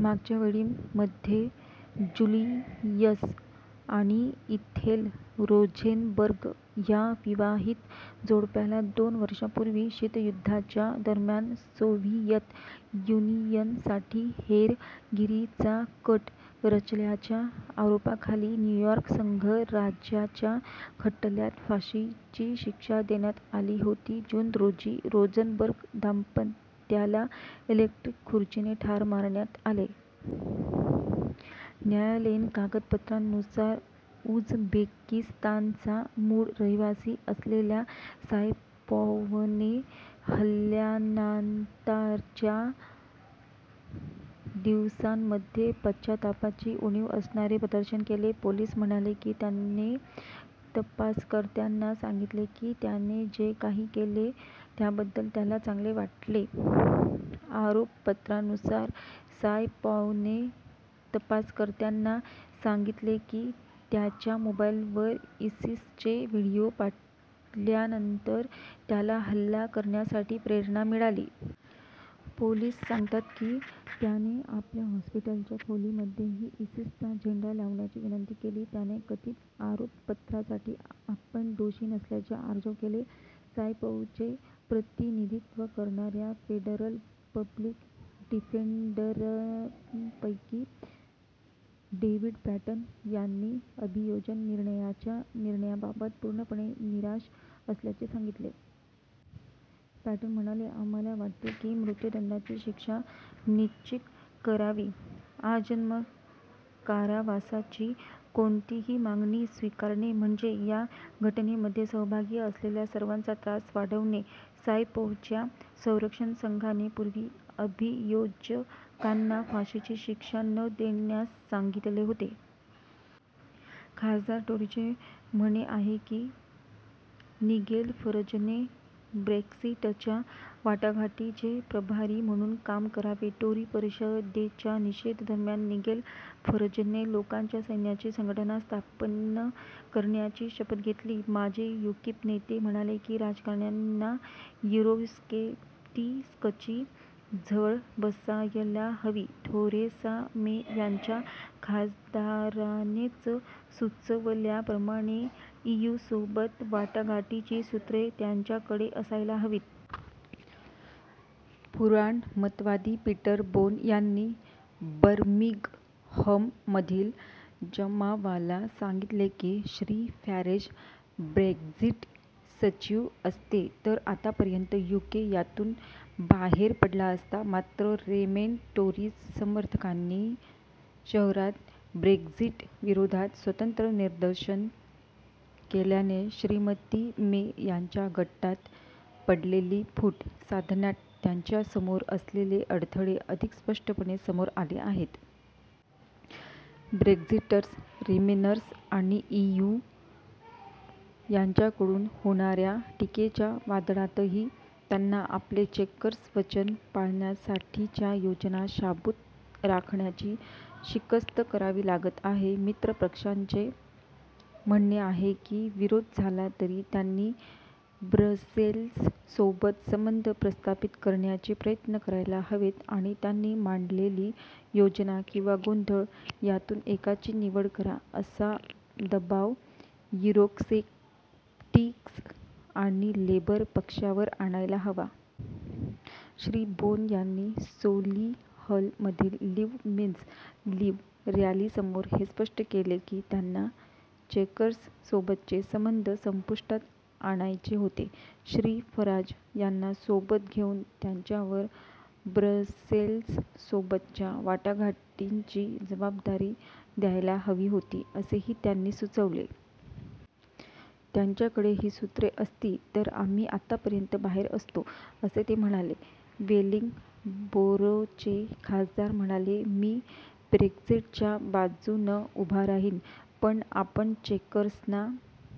मागच्या वेळी मध्ये जुलियस आणि इथेल रोझेनबर्ग, या विवाहित जोडप्याला दोन वर्षापूर्वी शीतयुद्धाच्या दरम्यान सोव्हियत युनियनसाठी हेरगिरीचा कट रचल्याच्या आरोपाखाली न्यूयॉर्क संघराज्याच्या खटल्यात फाशीची शिक्षा देण्यात आली होती. जून, रोजी रोझनबर्ग दांपत्याला इलेक्ट्रिक खुर्चीने ठार मारण्यात आले. न्यायालयीन कागदपत्रांनुसार, उझबेकिस्तानचा मूळ रहिवासी, असलेल्या सायपॉव्हने, हल्ल्यानान्तार्च्या दिवसांमध्ये पश्चातापाची उणीव असणारे प्रदर्शन केले. पोलीस म्हणाले की त्याने तपासकर्त्यांना सांगितले की त्याने जे काही केले त्याबद्दल त्याला चांगले वाटले. आरोपपत्रानुसार, सायपॉव्हने तपासकर्त्यांना सांगितले कि, त्याच्या मोबाईलवर इसीसचे व्हिडीओ पाहिल्यानंतर त्याला हल्ला करण्यासाठी प्रेरणा मिळाली. पोलीस सांगतात कि, त्याने आपल्या हॉस्पिटलच्या खोलीमध्येही इसीसचा झेंडा ठेवण्याची विनंती केली. त्याने कथित आरोपपत्रासाठी आपण दोषी नसल्याचे आर्जव केले. सायपोव्हचे प्रतिनिधीत्व करणाऱ्या फेडरल पब्लिक डिफेंडरंपैकी डेव्हिड पॅटन यांनी अभियोजन निर्णयाच्या निर्णयाबाबत "पूर्णपणे निराश" असल्याचे सांगितले. पॅटन म्हणाले, "आम्हाला वाटते की मृत्युदंडाची शिक्षा निश्चित करावी, आजन्म कारावासाची कोणतीही मागणी स्वीकारणे म्हणजे या घटनेमध्ये सहभागी असलेल्या सर्वांचा त्रास वाढवणे. सायपोव्हच्या संरक्षण संघाने पूर्वी अभियोजकांना फाशीची शिक्षा न देण्यास सांगितले होते. खासदार टोरीचे म्हणे आहे की, निगेल फरजने ब्रेक्सिटच्या वाटाघाटीचे प्रभारी म्हणून काम करावे. टोरी परिषदेच्या निषेध दरम्यान निगेल फरजने 'लोकांच्या सैन्याची संघटना' स्थापन करण्याची शपथ घेतली. माजी यूकिप नेते म्हणाले की राजकारण्यांना युरोस्केप्टिक्सची झळ बसायला हवी- थेरेसा मे यांच्या खासदारानेच सुचवल्याप्रमाणे, ईयूसोबत वाटाघाटीची सूत्रे त्यांच्याकडे असायला हवीत. पुराणमतवादी पीटर बोन यांनी बर्मिंगहममधील जमावाला सांगितले की श्री. फॅरेज ब्रेक्झिट सचिव असते तर आतापर्यंत यूके 'यातून बाहेर पडला असता'. मात्र, रेमेन टोरीज समर्थकांनी शहरात ब्रेक्झिटविरोधात स्वतंत्र निदर्शने केल्याने श्रीमती मे यांच्या गटात पडलेली फूट सांधण्यात त्यांच्यासमोर असलेले अडथळे अधिक स्पष्टपणे समोर आले आहेत. ब्रेक्झिटर्स, रीमेनर्स आणि ईयू यांच्याकडून होणाऱ्या टीकेच्या वादळातही त्यांना आपले चेकर्स वचन पाळण्यासाठीच्या योजना शाबूत राखण्याची शिकस्त करावी लागत आहे. मित्र पक्षांचे म्हणणे आहे की विरोध झाला तरी त्यांनी ब्रसेल्ससोबत संबंध प्रस्थापित करण्याचे प्रयत्न करायला हवेत आणि त्यांनी मांडलेली योजना किंवा 'गोंधळ' यातून एकाची निवड करा असा दबाव युरोस्केप्टिक्स आणि लेबर पक्षावर आणायला हवा. श्री. बोन यांनी सोलिहलमधील लीव्ह मीन्स लीव्ह रॅलीसमोर हे स्पष्ट केले की त्यांना 'चेकर्ससोबतचे संबंध संपुष्टात आणायचे होते'. श्री. फराज यांना सोबत घेऊन त्यांच्यावर ब्रसेल्ससोबतच्या वाटाघाटींची जबाबदारी द्यायला हवी होती, असेही त्यांनी सुचवले. त्यांच्याकडे ही सुत्रे असती तर आम्ही आतापर्यंत बाहेर असतो,' असे ते म्हणाले. वेलिंगबोरोचे खासदार म्हणाले: "मी ब्रेक्झिटच्या बाजून उभा राहीन, पण आपण चेकर्सना